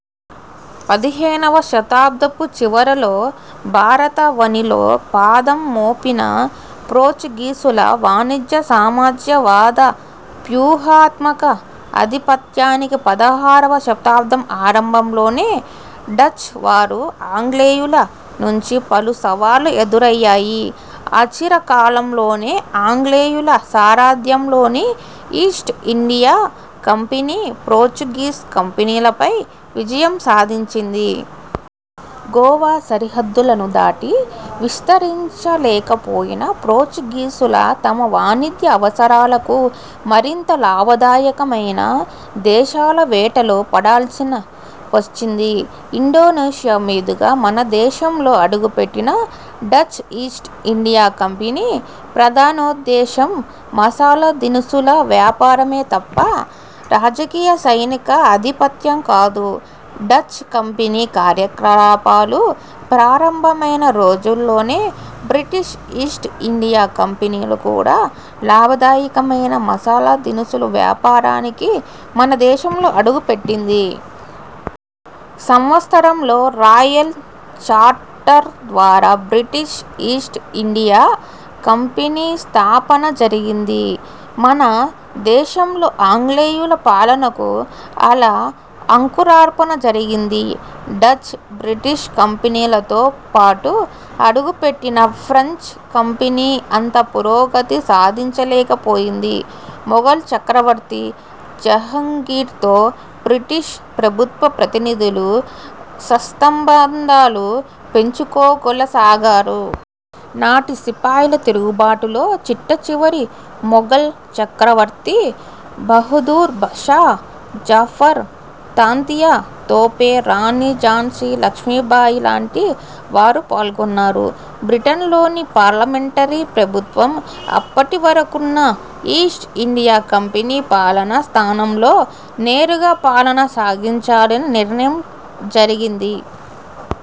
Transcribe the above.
పదిహేనవ శతాబ్దపు చివరలో భారతా వనిలో పాదం మోపిన పోర్చుగీసుల వాణిజ్య- సామాజ్య వాద వ్యూహాత్మక ఆధిపత్యానికి పదహారవ శతాబ్దం ఆరంభంలోనే డచ్ వారు, ఆంగ్లేయుల నుంచి పలు సవాళ్లు ఎదురయ్యాయి. అచిర కాలంలోనే ఆంగ్లేయుల సారథ్యంలోని ఈస్ట్ ఇండియా కంపెనీ, పోర్చుగీస్ కంపెనీలపై విజయం సాధించింది. గోవా సరిహద్దులను దాటి విస్తరించ లేకపోయిన పోర్చుగీసులు తమ వాణిజ్య అవసరాలకు మరింత లాభదాయకమైన దేశాల వేటలో పడాల్సిన వచ్చింది. ఇండొనేషియా మీదుగా మనదేశంలో అడుగుపెట్టిన డచ్ ఈస్ట్ ఇండియా కంపెనీ ప్రధానోద్దేశం మసాలా దినుసుల వ్యాపారమే తప్ప రాజకీయ సైనిక ఆధిపత్యం కాదు. డచ్ కంపెనీ కార్యకలాపాలు ప్రారంభమైన రోజుల్లోనే, బ్రిటీష్ ఈస్ట్ ఇండియా కంపెనీలు కూడా లాభదాయకమైన మసాలా దినుసులు వ్యాపారానికి మన దేశంలో అడుగుపెట్టింది. సంవత్సరంలో, రాయల్ చార్టర్ ద్వారా బ్రిటీష్ ఈస్ట్ ఇండియా కంపెనీ స్థాపన జరిగింది. మన దేశంలో ఆంగ్లేయుల పాలనకు అలా అంకురార్పణ జరిగింది. డచ్, బ్రిటీష్ కంపెనీలతో పాటు అడుగుపెట్టిన ఫ్రెంచ్ కంపెనీ అంత పురోగతి సాధించ లేకపోయింది. మొగల్ చక్రవర్తి జహంగీర్తో బ్రిటీష్ ప్రభుత్వ ప్రతినిధులు సత్సంబంధాలు పెంపొందించుకోకోలసాగారు. నాటి సిపాయిల తిరుగుబాటులో చిట్టచివరి మొఘల్ చక్రవర్తి బహదూర్ షా జఫర్, తాంతియా తోపే, రాణి ఝాన్సీ లక్ష్మి బాయి లాంటి వారు పాల్గొన్నారు. బ్రిటన్ లోని పార్లమెంటరీ ప్రభుత్వం, అప్పటివరకున్న ఈస్ట్ ఇండియా కంపెనీ పాలన స్థానంలో, నేరుగా పాలన సాగించాలని నిర్ణయం జరిగింది.